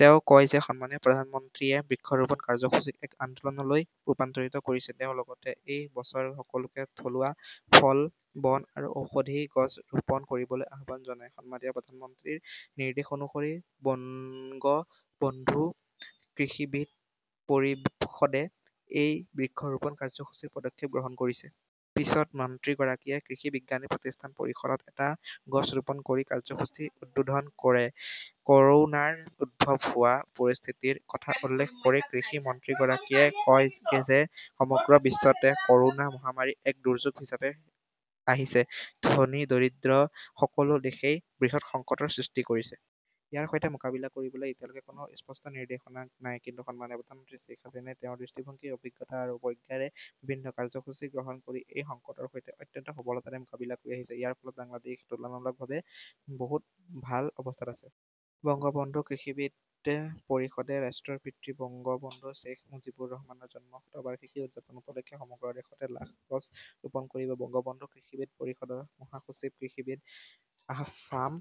তেওঁ কয় যে সন্মানীয় প্ৰধানমন্ত্ৰীয়ে বৃক্ষৰোপণ কাৰ্যসূচীক এক আন্দোলনলৈ ৰূপান্তৰিত কৰিছে। তেওঁ লগতে এই বছৰ সকলোকে থলুৱা ফল, বন আৰু ঔষধি গছ ৰোপণ কৰিবলৈ আহ্বান জনায়। সন্মানীয় প্ৰধানমন্ত্ৰীৰ নিৰ্দেশ অনুসৰি বঙ্গবন্ধু কৃষিবিদ পৰিষদে এই বৃক্ষ ৰোপণ কাৰ্যসূচীৰ পদক্ষেপ গ্ৰহণ কৰিছে। পিছত মন্ত্ৰীগৰাকীয়ে কৃষি বিজ্ঞানী প্ৰতিষ্ঠান পৰিসৰত এটা গছ ৰোপণ কৰি কাৰ্যসূচী উদ্বোধন কৰে। ক'ৰোনাৰ উদ্ভৱ হোৱা পৰিস্থিতিৰ কথা উল্লেখ কৰি কৃষি মন্ত্ৰীগৰাকীয়ে কয় যে সমগ্ৰ বিশ্বতে ক'ৰোনা মহামাৰী এক দুৰ্যোগ হিচাপে আহিছে। ধনী-দৰিদ্ৰ সকলো দেশেই বৃহৎ সংকটৰ সৃষ্টি কৰিছে। ইয়াৰ সৈতে মোকাবিলা কৰিবলৈ এতিয়ালৈকে কোনো স্পষ্ট নিৰ্দেশনা নাই। কিন্তু সন্মানীয় প্ৰধানমন্ত্ৰী শ্বেইখ হাছিনাই তেওঁৰ দৃষ্টিভংগী, অভিজ্ঞতা আৰু প্ৰজ্ঞাৰে বিভিন্ন কাৰ্যসূচী গ্ৰহণ কৰি এই সংকটৰ সৈতে অত্যন্ত সফলতাৰে মোকাবিলা কৰি আহিছে। ইয়াৰ ফলত বাংলাদেশ তুলনামূলকভাৱে বহুত ভাল অৱস্থাত আছে। বঙ্গবন্ধু কৃষিবিদ পৰিষদে ৰাষ্ট্ৰৰ পিতৃ বঙ্গবন্ধু শ্বেইখ মুজীবুৰ ৰহমানৰ জন্ম শতবাৰ্ষিকী উদযাপন উপলক্ষে সমগ্ৰ দেশতে লাখ গছ ৰোপণ কৰিব। বংগবন্ধু কৃষিবিদ পৰিষদৰ মহাসচিব কৃষিবিদ আফাম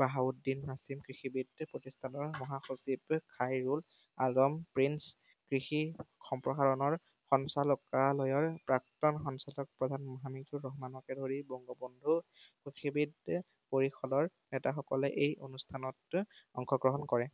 বাহাউদ্দিন নাছিম, কৃষিবিদ প্ৰতিষ্ঠানৰ মহাসচিব খাইৰুল আলম প্ৰিন্স, কৃষি সম্প্ৰসাৰণ সঞ্চালকালয়ৰ প্ৰাক্তন সঞ্চালক প্ৰধান হামিদুৰ ৰহমানকে ধৰি বংগবন্ধু কৃষিবিদ পৰিষদৰ নেতাসকলে এই অনুষ্ঠানত অংশগ্ৰহণ কৰে।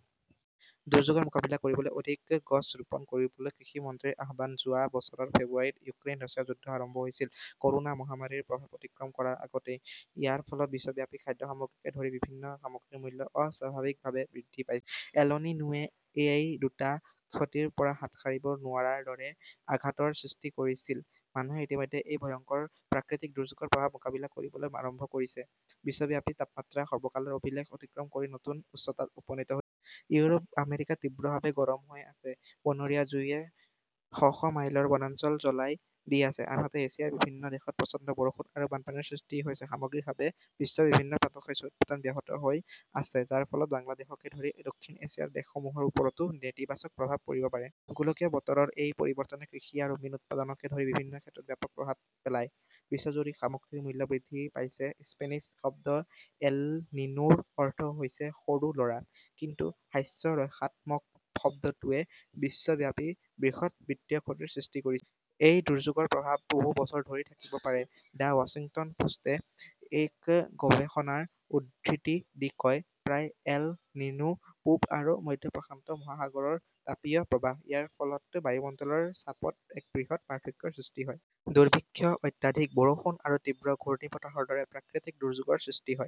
দুৰ্যোগৰ মোকাবিলা কৰিবলৈ অধিক গছ ৰোপণ কৰিবলৈ কৃষি মন্ত্ৰীৰ আহ্বান যোৱা বছৰৰ ফেব্ৰুৱাৰীত ইউক্ৰেইন-ৰাছিয়া যুদ্ধ আৰম্ভ হৈছিল, ক'ৰোনা মহামাৰীৰ প্ৰভাৱ অতিক্ৰম কৰাৰ আগতেই। ইয়াৰ ফলত বিশ্বব্যাপী খাদ্য সামগ্ৰীকে ধৰি বিভিন্ন সামগ্ৰীৰ মূল্য অস্বাভাৱিকভাৱে বৃদ্ধি পাইছে। এলনিনোৱে এই দুটা ক্ষতিৰ পৰা হাত সাৰিব নোৱাৰাৰ দৰে আঘাতৰ সৃষ্টি কৰিছিল। মানুহে ইতিমধ্যে এই ভয়ংকৰ প্ৰাকৃতিক দুৰ্যোগৰ প্ৰভাৱ মোকাবিলা কৰিবলৈ আৰম্ভ কৰিছে। বিশ্বব্যাপী তাপমাত্ৰা সৰ্বকালৰ অভিলেখ অতিক্ৰম কৰি নতুন উচ্চতাত উপনীত হৈছে। ইউৰোপ-আমেৰিকাত তীব্ৰভাৱে গৰম হৈ আছে। বনৰীয়া জুইয়ে শ শ মাইলৰ বনাঞ্চল জ্বলাই দি আছে। আনহাতে, এছিয়াৰ বিভিন্ন দেশত প্ৰচণ্ড বৰষুণ আৰু বানপানীৰ সৃষ্টি হৈছে। সামগ্ৰিকভাৱে, বিশ্বৰ বিভিন্ন প্ৰান্তত শস্য উৎপাদন ব্যাহত হৈ আছে, যাৰ ফলত বাংলাদেশকে ধৰি দক্ষিণ এছিয়াৰ দেশসমূহৰ ওপৰতো নেতিবাচক প্ৰভাৱ পৰিব পাৰে। গোলকীয় বতৰৰ এই পৰিৱৰ্তনে কৃষি আৰু মীন উৎপাদনকে ধৰি বিভিন্ন ক্ষেত্ৰত ব্যাপকভাৱে প্ৰভাৱ পেলায়। বিশ্বজুৰি সামগ্ৰীৰ মূল্য বৃদ্ধি পাইছে। স্পেনিছ শব্দ এলনিনো'ৰ অৰ্থ হৈছে সৰু ল'ৰা । কিন্তু হাস্যৰসাত্মক শব্দটোৱে বিশ্বব্যাপী বৃহৎ বিত্তীয় ক্ষতিৰ সৃষ্টি কৰিছে। এই দুৰ্যোগৰ প্ৰভাৱ বহু বছৰ ধৰি থাকিব পাৰে দ্য ৱাশ্বিংটন পোষ্টে এক গৱেষণাৰ উদ্ধৃতি দি কয়। প্ৰায় এল নিনো পূব আৰু মধ্য প্ৰশান্ত মহাসাগৰৰ তাপীয় প্ৰৱাহ। ইয়াৰ ফলত বায়ুমণ্ডলৰ চাপত এক বৃহৎ পাৰ্থক্যৰ সৃষ্টি হয়। দুৰ্ভিক্ষ, অত্যাধিক বৰষুণ আৰু তীব্ৰ ঘূৰ্ণীবতাহৰ দৰে প্ৰাকৃতিক দুৰ্যোগৰ সৃষ্টি হয়।